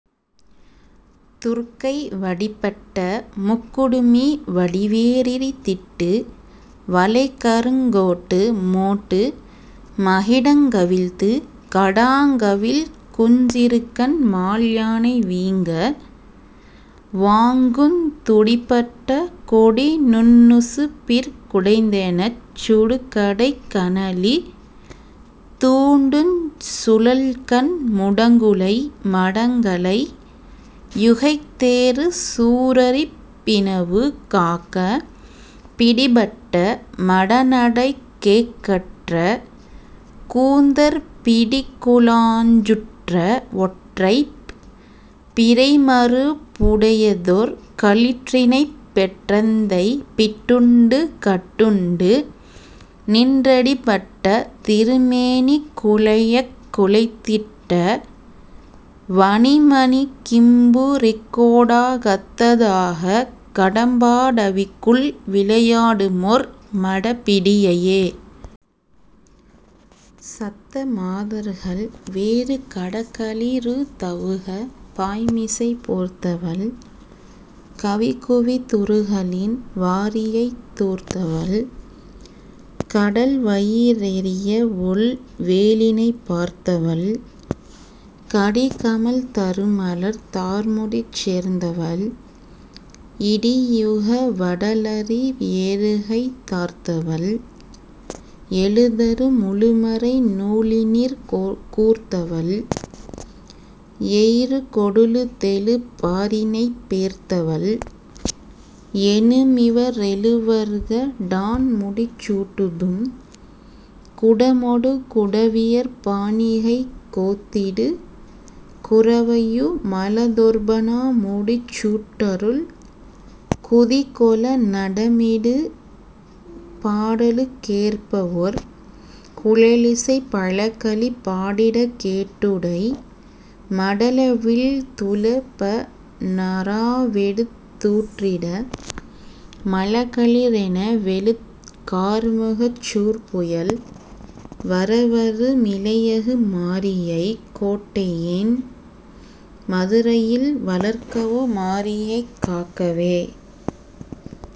துர்க்கை வடிபட்ட முக்குடுமி வடிவே றிரித்திட்டு வளைகருங் கோட்டு மோட்டு மகிடங் கவிழ்த்துக் கடாங்கவிழ்க் குஞ்சிறுகண் மால்யானை வீங்க வாங்குந் துடிபட்ட கொடிநுண் ணுசுப்பிற் குடைந்தெனச் சுடுகடைக் கனலி தூண்டுஞ் சுழல்கண் முடங்குளை மடங்கலை யுகைத்தேறு சூரரிப் பிணவு காக்க பிடிபட்ட மடநடைக் கேக்கற்ற கூந்தற் பிடிக்குழாஞ் சுற்ற வொற்றைப் பிறைமருப் புடையதொர் களிற்றினைப் பெற்றெந்தை பிட்டுண்டு கட்டுண்டு நின் றடிபட்ட திருமேனி குழையக் குழைத்திட்ட வணிமணிக் கிம்பு ரிக்கோ டாகத்த தாகக் கடம்பா டவிக்குள் விளை யாடுமொர் மடப்பிடி யையே. சத்த மாதர்கள் வேறு கடகளி றுதவுக பாய்மிசைப் போர்த்தவள் கவிகுவி துறுகலின் வாரியைத் தூர்த்தவள் கடல்வயி றெரியவொள் வேலினைப் பார்த்தவள் கடிகமழ் தருமலர் தார்முடிச் சேர்த்தவள் இடியுக வடலரி யேறுகைத் தார்த்தவள் எழுதரு முழுமறை நூலினிற் கூர்த்தவள் எயிறுகொ டுழுதெழு பாரினைப் பேர்த்தவள் எனுமிவ ரெழுவர்க டாண்முடிச் சூட்டுதும் குடமொடு குடவியர் பாணிகைக் கோத்திடு குரவையு மலதொர்ப ணாமுடிச் சூட்டருள் குதிகொள நடமிடு பாடலுக் கேற்பவொர் குழலிசை பழகளி பாடிடக் கேட்டுடை மடலவிழ் துளபந றாவெடுத் தூற்றிட மழகளி றெனவெழு கார்முகச் சூற்புயல் வரவரு மிளையகு மாரியைக் கோட்டெயின் மதுரையில் வளர்கவு மாரியைக் காக்கவே.